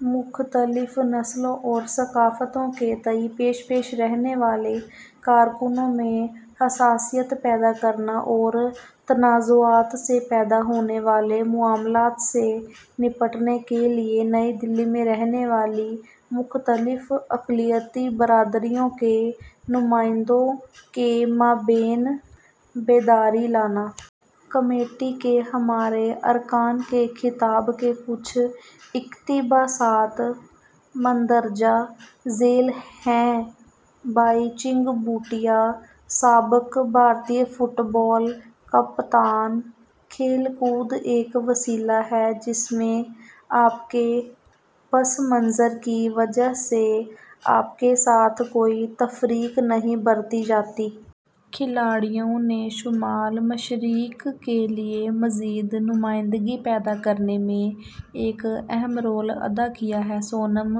مختلف نسلوں اور ثقافتوں کے تئیں پیش پیش رہنے والے کارکنوں میں حساسیت پیدا کرنا اور تنازعات سے پیدا ہونے والے معاملات سے نمٹنے کے لیے دہلی میں رہنے والی مختلف اقلیتی برادریوں کے نمائندوں کے مابین بیداری لانا۔ کمیٹی کے ہمارے ارکان کے خطاب کے کچھ اقتباسات مندرجہ ذیل ہیں۔ بائی چنگ بھوٹیا، سابق بھارتی فٹبال کپتان۔ کھیل کود ایک وسیلہ ہے جس میں آپ کے پس منظر کی وجہ سے آپ کے ساتھ کوئی تفریق نہیں برتی جاتی۔ کھلاڑیوں نے شمال مشرق کے لیے مزید نمائندگی پیدا کرنے میں ایک اہم رول ادا کیا ہے۔ سونم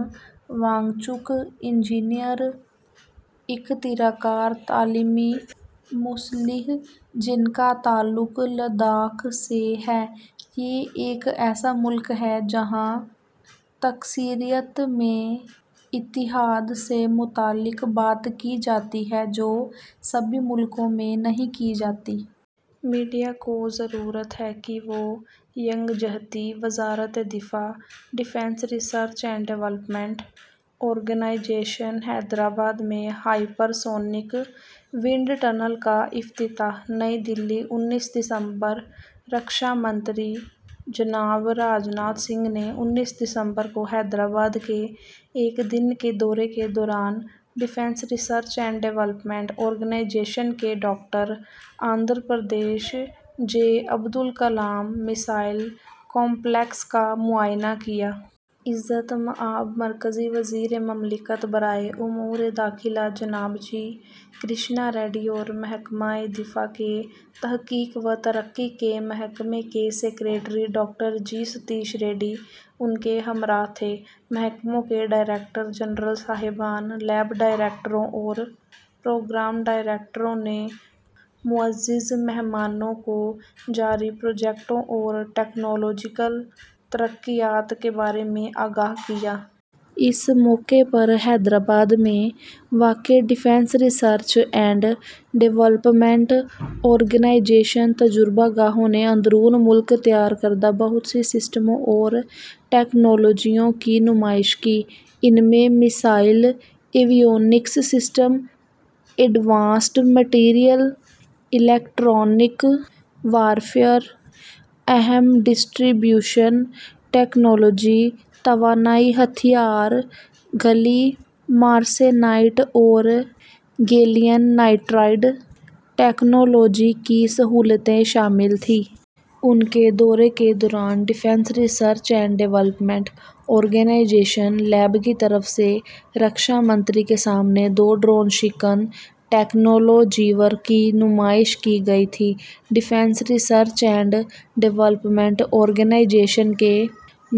وانگ چک، انجینئر، اختراع کار، تعلیمی مصلح، جن کا تعلق لداخ سے ہے۔ یہ ایک ایسا ملک ہے جہاں تکثیریت میں اتحاد سے متعلق بات کی جاتی ہے جو سبھی ملکوں میں نہیں کی جاتی۔ میڈیا کو ضرورت ہے کہ وہ یکجہتی۔ وزارت دفاع۔ D R D O Hyderabad میں ہائپر سونک ونڈ ٹنل کا افتتاح۔ نئی دہلی، انیس دسمبر۔ رکشا منتری جناب راج ناتھ سنگھ نے انیس دسمبر کو حیدرآباد کے ایک دن کے دورے کے دوران ڈی آر ڈی او کے doctor A P J Abdul Kalam missile complex کا معائنہ کیا۔ عزت مآب مرکزی وزیر مملکت برائے امور داخلہ جناب جی کرشنا ریڈی اور محکمہ دفاع کے تحقیق و ترقی کے محکمے کے secretary doctor G Satheesh Reddy ان کے ہمراہ تھے۔ محکموں کے ڈائریکٹر جنرل صاحبان، لیب ڈائریکٹروں اور پروگرام ڈائریکٹروں نے معزز مہمانوں کو جاری پروجیکٹوں اور ٹیکنالوجیکل ترقیات کے بارے میں آگاہ کیا۔ اس موقع پر حیدرآباد میں واقع ڈی آر ڈی او تجربہ گاہوں نے اندرون ملک تیار کردہ بہت سے سسٹموں اور ٹیکنالوجیوں کی نمائش کی۔ ان میں missile, avionics system, advanced material, electronic warfare, اہم ڈسٹربیوشن ٹیکنالوجی، توانائی ہتھیار، گیلیم آرسینائیڈ اور گیلیم نائٹرائڈ ٹیکنالوجی کی سہولتیں شامل تھیں۔ ان کے دورے کے دوران D R D O lab کی طرف سے رکشا منتری کے سامنے دو ڈرون شکن ٹیکنالوجیوں کی نمائش کی گئی تھی۔ ڈی آر ڈی او کی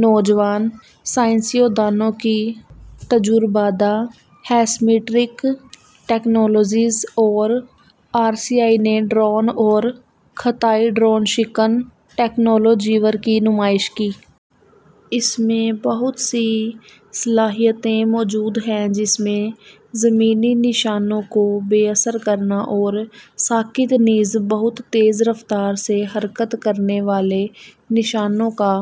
نوجوان سائنسدانوں کی تجربہ گاہ، ایسمیٹرک ٹیکنالوجیز اور آر سی آئی نے ڈرون اور اختراعی ڈرون شکن ٹیکنالوجیوں کی نمائش کی۔ اس میں بہت سی صلاحیتیں موجود ہیں جس میں زمینی نشانوں کو بے اثر کرنا اور ساکت نیز بہت تیز رفتار سے حرکت کرنے والے نشانوں کا